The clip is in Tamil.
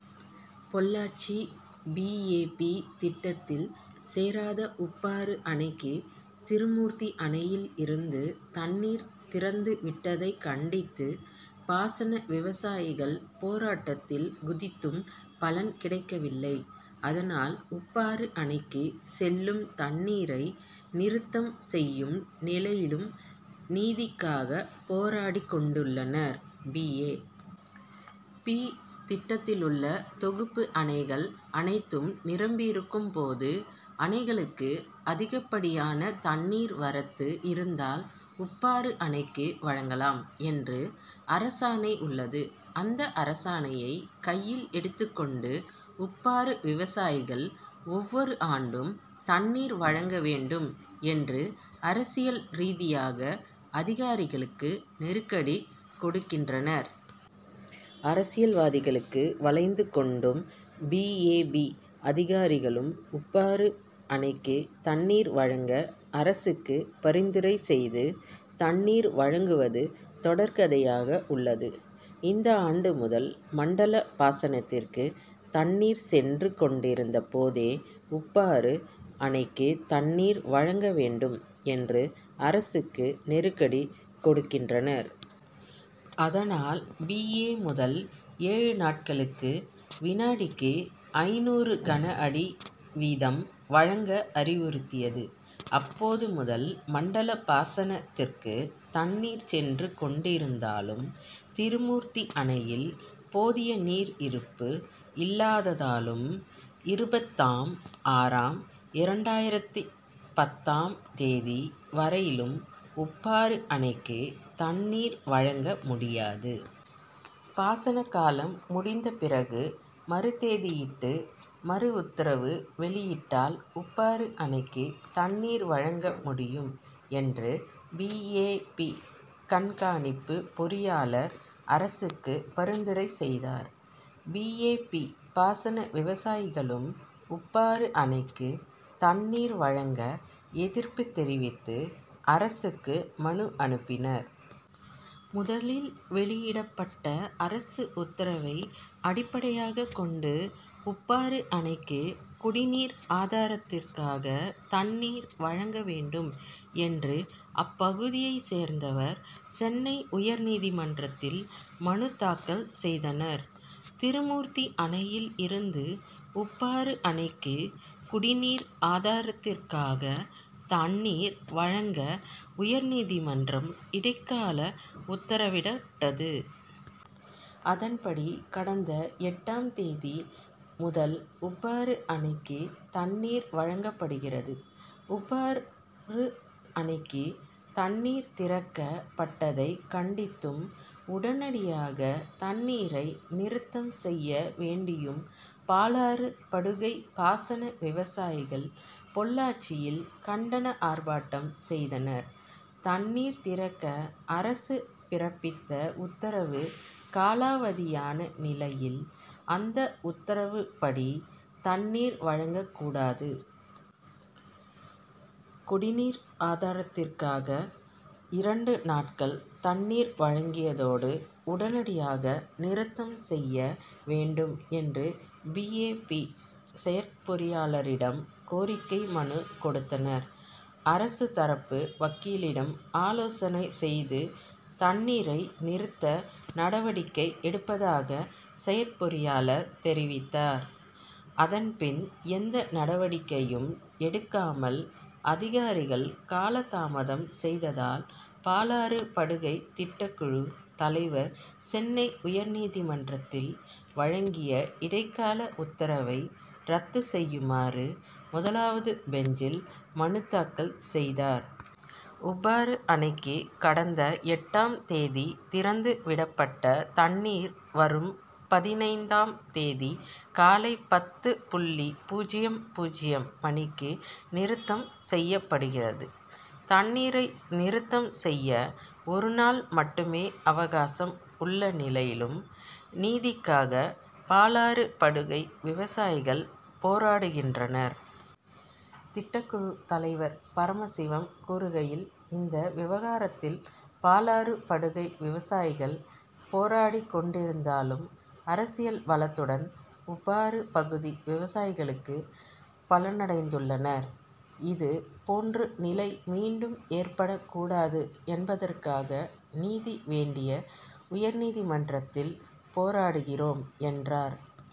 பொள்ளாச்சி பி. ஏ. பி., திட்டத்தில் சேராத உப்பாறு அணைக்கு திருமூர்த்தி அணையில் இருந்து தண்ணீர் திறந்து விட்டதை கண்டித்து பாசன விவசாயிகள் போராட்டத்தில் குதித்தும் பலன் கிடைக்கவில்லை. அதனால், உப்பாறு அணைக்கு செல்லும் தண்ணீரை நிறுத்தம் செய்யும் நிலையிலும் நீதிக்காக போராடிக்கொண்டுள்ளனர். பி. ஏ. பி., திட்டத்திலுள்ள தொகுப்பு அணைகள் அனைத்தும் நிரம்பியிருக்கும் போது, அணைகளுக்கு அதிகப்படியான தண்ணீர் வரத்து இருந்தால் உப்பாறு அணைக்கு வழங்கலாம் என்று அரசாணை உள்ளது. அந்த அரசாணையை கையில் எடுத்துக்கொண்டு உப்பாறு விவசாயிகள் ஒவ்வொரு ஆண்டும் தண்ணீர் வழங்க வேண்டும் என்று அரசியல் ரீதியாக அதிகாரிகளுக்கு நெருக்கடி கொடுக்கின்றனர். அரசியல்வாதிகளுக்கு வளைந்து கொண்டும் பி. ஏ. பி., அதிகாரிகளும் உப்பாறு அணைக்கு தண்ணீர் வழங்க அரசுக்கு பரிந்துரை செய்து, தண்ணீர் வழங்குவது தொடர்கதையாக உள்ளது. இந்தாண்டு முதல் மண்டல பாசனத்திற்கு தண்ணீர் சென்று கொண்டிருந்த போதே உப்பாறு அணைக்கு தண்ணீர் வழங்க வேண்டும் என்று அரசுக்கு நெருக்கடி கொடுத்தனர். அதனால், பி. ஏ. முதல் ஏழு நாட்களுக்கு விநாடிக்கு ஐந்நூறு கனஅடி வீதம் வழங்க அறிவுறுத்தியது. அப்போது, முதல் மண்டல பாசனத் திற்கு தண்ணீர் சென்று கொண்டிருந்ததாலும், திருமூர்த்தி அணையில் போதிய நீர் இருப்பு இல்லாததாலும் இருபதாம் ஆறாம் இரண்டாயிரத்து பத்தாம் தேதி வரையிலும் உப்பாறு அணைக்கு தண்ணீர் வழங்க முடியாது. பாசன காலம் முடிந்த பிறகு மறுதேதியிட்டு மறுஉத்தரவு வெளியிட்டால் உப்பாறு அணைக்கு தண்ணீர் வழங்க முடியும் என்று பி. ஏ. பி., கண்காணிப்பு பொறியாளர் அரசுக்கு பரிந்துரை செய்தார். பி. ஏ. பி., பாசன விவசாயிகளும் உப்பாறு அணைக்கு தண்ணீர் வழங்க எதிர்ப்பு தெரிவித்து அரசுக்கு மனு அனுப்பினர். முதலில் வெளியிடப்பட்ட அரசு உத்தரவை அடிப்படையாக கொண்டு, உப்பாறு அணைக்கு குடிநீர் ஆதாரத் திற்காக தண்ணீர் வழங்க வேண்டும் என்று அப்பகுதியை சேர்ந்தவர் சென்னை உயர்நீதிமன்றத்தில் மனு தாக்கல் செய்தனர். திருமூர்த்தி அணையில் இருந்து உப்பாறு அணைக்கு குடிநீர் ஆதாரத்திற்காக தண்ணீர் வழங்க உயர்நீதிமன்றம் இடைக்கால உத்தரவிட விட்டது. அதன்படி, கடந்த எட்டாம் தேதி முதல் உப்பாறு அணைக்கு தண்ணீர் வழங்கப்படுகிறது. உப்பாறு அணைக்கு தண்ணீர் திறக்கப் பட்டதை கண்டித்தும், உடனடியாக தண்ணீரை நிறுத்தம் செய்ய வேண்டியும் பாலாறு படுகை பாசன விவசாயிகள் பொள்ளாச்சியில் கண்டன ஆர்ப்பாட்டம் செய்தனர். தண்ணீர் திறக்க அரசு பிறப்பித்த உத்தரவு காலாவதியான நிலையில் அந்த உத்தரவுப்படி தண்ணீர் வழங்க கூடாது. குடிநீர் ஆதாரத்திற்காக இரண்டு நாட்கள் தண்ணீர் வழங்கியதோடு உடனடியாக நிறுத்தம் செய்ய வேண்டும் என்று பி. ஏ. பி., செயற்பொறியாளரிடம் கோரிக்கை மனு கொடுத்தனர். அரசு தரப்பு வக்கீலிடம் ஆலோசனை செய்து தண்ணீரை நிறுத்த நடவடிக்கை எடுப்பதாக செயற்பொறியாளர் தெரிவித்தார். அதன்பின், எந்த நடவடிக்கையும் எடுக்காமல் அதிகாரிகள் காலதாமதம் செய்ததால், பாலாறு படுகை திட்டக்குழு தலைவர் சென்னை உயர்நீதிமன்றத்தில் வழங்கிய இடைக்கால உத்தரவை ரத்து செய்யுமாறு முதலாவது பெஞ்சில் மனுத்தாக்கல் செய்தார். உப்பாறு அணைக்கு கடந்த எட்டாம் தேதி திறந்து விடப்பட்ட தண்ணீர் வரும் பதினைந்தாம் தேதி காலை பத்து புள்ளி பூஜ்ஜியம் பூஜ்ஜியம் மணிக்கு நிறுத்தம் செய்யப்படுகிறது. தண்ணீரை நிறுத்தம் செய்ய ஒரு நாள் மட்டுமே அவகாசம் உள்ள நிலையிலும், நீதிக்காக பாலாறு படுகை விவசாயிகள் போராடுகின்றனர். திட்டக்குழு தலைவர் பரமசிவம் கூறுகையில், இந்த விவகாரத்தில் பாலாறு படுகை விவசாயிகள் போராடிக்கொண்டிருந்தாலும், அரசியல் பலத்துடன் உப்பாறு பகுதி விவசாயிகளுக்கு பலனடைந்துள்ளனர். இது போன்று நிலை மீண்டும் ஏற்படக்கூடாது என்பதற்காக நீதி வேண்டிய உயர்நீதிமன்றத்தில் போராடுகிறோம் என்றார்.